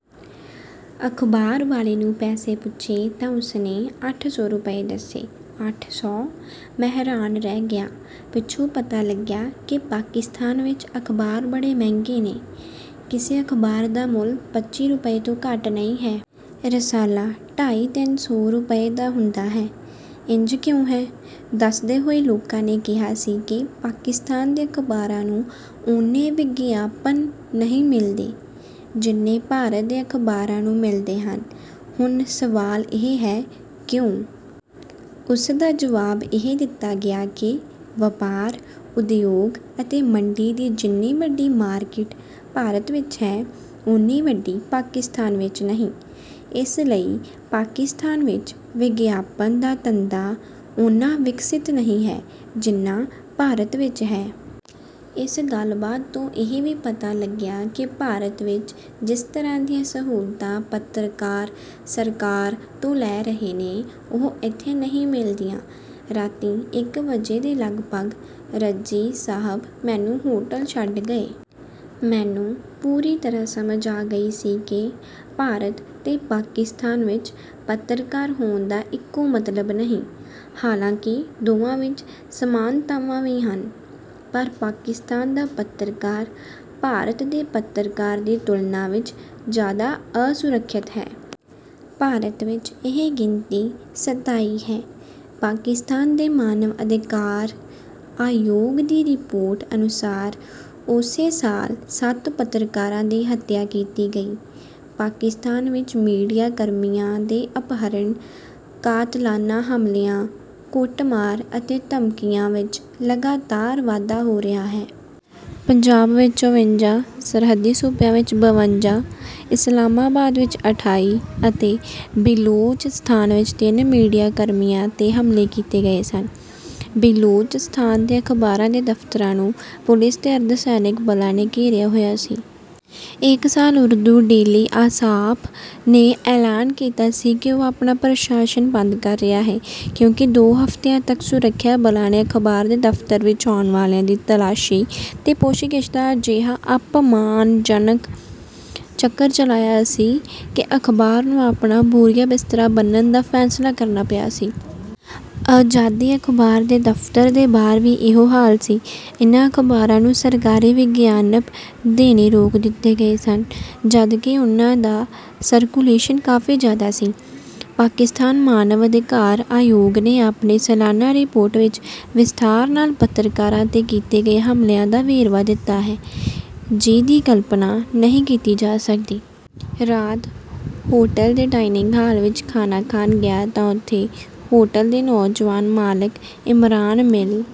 ਅਖ਼ਬਾਰ ਵਾਲੇ ਨੂੰ ਪੈਸੇ ਪੁੱਛੇ ਤਾਂ ਉਸਨੇ ਅੱਠ ਸੌ ਰੁਪਏ ਦੱਸੇ। "ਅੱਠ ਸੌ!" ਮੈਂ ਹੈਰਾਨ ਰਹਿ ਗਿਆ। ਪਿੱਛੋਂ ਪਤਾ ਲੱਗਿਆ ਕਿ ਪਾਕਿਸਤਾਨ ਵਿੱਚ ਅਖ਼ਬਾਰ ਬੜੇ ਮਹਿੰਗੇ ਨੇ। ਕਿਸੇ ਅਖ਼ਬਾਰ ਦਾ ਮੁੱਲ ਪੱਚੀ ਰੁਪਏ ਤੋਂ ਘੱਟ ਨਹੀਂ ਹੈ। ਰਸਾਲਾ ਢਾਈ-ਤਿੰਨ ਸੌ ਰੁਪਏ ਦਾ ਹੁੰਦਾ ਹੈ। ਇੰਜ ਕਿਉਂ ਹੈ, ਦੱਸਦੇ ਹੋਏ ਲੋਕਾਂ ਨੇ ਕਿਹਾ ਸੀ ਕਿ ਪਾਕਿਸਤਾਨ ਦੇ ਅਖ਼ਬਾਰਾਂ ਨੂੰ ਓਨੇ ਵਿਗਿਆਪਨ ਨਹੀਂ ਮਿਲਦੇ ਜਿੰਨੇ ਭਾਰਤ ਦੇ ਅਖ਼ਬਾਰਾਂ ਨੂੰ ਮਿਲਦੇ ਹਨ। ਹੁਣ ਸਵਾਲ ਇਹ ਹੈ, ਕਿਉਂ? ਉਸਦਾ ਜਵਾਬ ਇਹ ਦਿੱਤਾ ਗਿਆ ਕਿ ਵਪਾਰ, ਉਦਯੋਗ ਅਤੇ ਮੰਡੀ ਦੀ ਜਿੰਨੀ ਵੱਡੀ ਮਾਰਕੀਟ ਭਾਰਤ ਵਿੱਚ ਹੈ, ਓਨੀ ਵੱਡੀ ਪਾਕਿਸਤਾਨ ਵਿੱਚ ਨਹੀਂ। ਇਸ ਲਈ ਪਾਕਿਸਤਾਨ ਵਿੱਚ ਵਿਗਿਆਪਨ ਦਾ ਧੰਦਾ ਓਨਾ ਵਿਕਸਤ ਨਹੀਂ ਹੈ, ਜਿੰਨਾ ਭਾਰਤ ਵਿੱਚ ਹੈ। ਇਸ ਗੱਲਬਾਤ ਤੋਂ ਇਹ ਵੀ ਪਤਾ ਲੱਗਿਆ ਕਿ ਭਾਰਤ ਵਿੱਚ ਜਿਸ ਤਰ੍ਹਾਂ ਦੀਆਂ ਸਹੂਲਤਾਂ ਪੱਤਰਕਾਰ ਸਰਕਾਰ ਤੋਂ ਲੈ ਰਹੇ ਨੇ, ਉਹ ਇੱਥੇ ਨਹੀਂ ਮਿਲਦੀਆਂ। ਰਾਤੀ ਇਕ ਵਜੇ ਦੇ ਲਗਭਗ ਰਜ਼ੀ ਸਾਹਬ ਮੈਨੂੰ ਹੋਟਲ ਛੱਡ ਗਏ। ਮੈਨੂੰ ਪੂਰੀ ਤਰ੍ਹਾਂ ਸਮਝ ਆ ਗਈ ਸੀ ਕਿ ਭਾਰਤ ਤੇ ਪਾਕਿਸਤਾਨ ਵਿੱਚ ਪੱਤਰਕਾਰ ਹੋਣ ਦਾ ਇਕੋ ਮਤਲਬ ਨਹੀਂ। ਹਾਲਾਂਕਿ ਦੋਵਾਂ ਵਿੱਚ ਸਮਾਨਤਾਵਾਂ ਵੀ ਹਨ, ਪਰ ਪਾਕਿਸਤਾਨ ਦਾ ਪੱਤਰਕਾਰ ਭਾਰਤ ਦੇ ਪੱਤਰਕਾਰ ਦੀ ਤੁਲਨਾ ਵਿੱਚ ਜ਼ਿਆਦਾ ਅਸੁਰੱਖਿਅਤ ਹੈ। ਭਾਰਤ ਵਿੱਚ ਇਹ ਗਿਣਤੀ ਸਤਾਈ ਹੈ। ਪਾਕਿਸਤਾਨ ਦੇ ਮਾਨਵ ਅਧਿਕਾਰ ਆਯੋਗ ਦੀ ਰਿਪੋਰਟ ਅਨੁਸਾਰ ਉਸੇ ਸਾਲ ਸੱਤ ਪੱਤਰਕਾਰਾਂ ਦੀ ਹੱਤਿਆ ਕੀਤੀ ਗਈ। ਪਾਕਿਸਤਾਨ ਵਿੱਚ ਮੀਡੀਆ ਕਰਮੀਆਂ ਦੇ ਅਪਹਰਣ, ਕਾਤਿਲਾਨਾ ਹਮਲਿਆਂ, ਕੁੱਟਮਾਰ ਅਤੇ ਧਮਕੀਆਂ ਵਿੱਚ ਲਗਾਤਾਰ ਵਾਧਾ ਹੋ ਰਿਹਾ ਹੈ। ਪੰਜਾਬ ਵਿੱਚ ਚੌਂਵੰਜਾ, ਸਰਹੱਦੀ ਸੂਬਿਆਂ ਵਿੱਚ ਬਵੰਜਾ, ਇਸਲਾਮਾਬਾਦ ਵਿੱਚ ਅਠਾਈ ਅਤੇ ਬਿਲੋਚਿਸਤਾਨ ਵਿੱਚ ਤਿੰਨ ਮੀਡੀਆ ਕਰਮੀਆਂ 'ਤੇ ਹਮਲੇ ਕੀਤੇ ਗਏ ਸਨ। ਬਿਲੋਚਿਸਤਾਨ ਦੇ ਅਖ਼ਬਾਰਾਂ ਦੇ ਦਫ਼ਤਰਾਂ ਨੂੰ ਪੁਲਿਸ ਤੇ ਅਰਧ-ਸੈਨਿਕ ਬਲਾਂ ਨੇ ਘੇਰਿਆ ਹੋਇਆ ਸੀ। ਇੱਕ ਸਾਲ ਉਰਦੂ ਡੇਲੀ 'ਆਸਾਪ' ਨੇ ਐਲਾਨ ਕੀਤਾ ਸੀ ਕਿ ਉਹ ਆਪਣਾ ਪ੍ਰਕਾਸ਼ਨ ਬੰਦ ਕਰ ਰਿਹਾ ਹੈ, ਕਿਉਂਕਿ ਦੋ ਹਫ਼ਤਿਆਂ ਤੱਕ ਸੁਰੱਖਿਆ ਬਲਾਂ ਨੇ ਅਖ਼ਬਾਰ ਦੇ ਦਫ਼ਤਰ ਵਿੱਚ ਆਉਣ ਵਾਲਿਆਂ ਦੀ ਤਲਾਸ਼ੀ ਤੇ ਪੁੱਛਗਿੱਛ ਦਾ ਅਜਿਹਾ ਅਪਮਾਨਜਨਕ ਚੱਕਰ ਚਲਾਇਆ ਸੀ ਕਿ ਅਖ਼ਬਾਰ ਨੂੰ ਆਪਣਾ ਬੋਰੀਆ-ਬਿਸਤਰਾ ਬੰਨ੍ਹਣ ਦਾ ਫ਼ੈਸਲਾ ਕਰਨਾ ਪਿਆ ਸੀ। 'ਆਜ਼ਾਦੀ' ਅਖ਼ਬਾਰ ਦੇ ਦਫ਼ਤਰ ਦੇ ਬਾਹਰ ਵੀ ਇਹੋ ਹਾਲ ਸੀ। ਇਹਨਾਂ ਅਖ਼ਬਾਰਾਂ ਨੂੰ ਸਰਕਾਰੀ ਵਿਗਿਆਪਨ ਦੇਣੇ ਰੋਕ ਦਿੱਤੇ ਗਏ ਸਨ, ਜਦਕਿ ਉਹਨਾਂ ਦਾ ਸਰਕੁਲੇਸ਼ਨ ਕਾਫ਼ੀ ਜ਼ਿਆਦਾ ਸੀ। ਪਾਕਿਸਤਾਨ ਮਾਨਵ ਅਧਿਕਾਰ ਆਯੋਗ ਨੇ ਆਪਣੀ ਸਾਲਾਨਾ ਰਿਪੋਰਟ ਵਿੱਚ ਵਿਸਥਾਰ ਨਾਲ ਪੱਤਰਕਾਰਾਂ 'ਤੇ ਕੀਤੇ ਗਏ ਹਮਲਿਆਂ ਦਾ ਵੇਰਵਾ ਦਿੱਤਾ ਹੈ, ਜਿਹਦੀ ਕਲਪਨਾ ਨਹੀਂ ਕੀਤੀ ਜਾ ਸਕਦੀ। ਰਾਤ ਹੋਟਲ ਦੇ ਡਾਇਨਿੰਗ ਹਾਲ ਵਿੱਚ ਖਾਣਾ ਖਾਣ ਗਿਆ ਤਾਂ ਉੱਥੇ ਹੋਟਲ ਦੇ ਨੌਜਵਾਨ ਮਾਲਕ ਇਮਰਾਨ ਮਿਲ...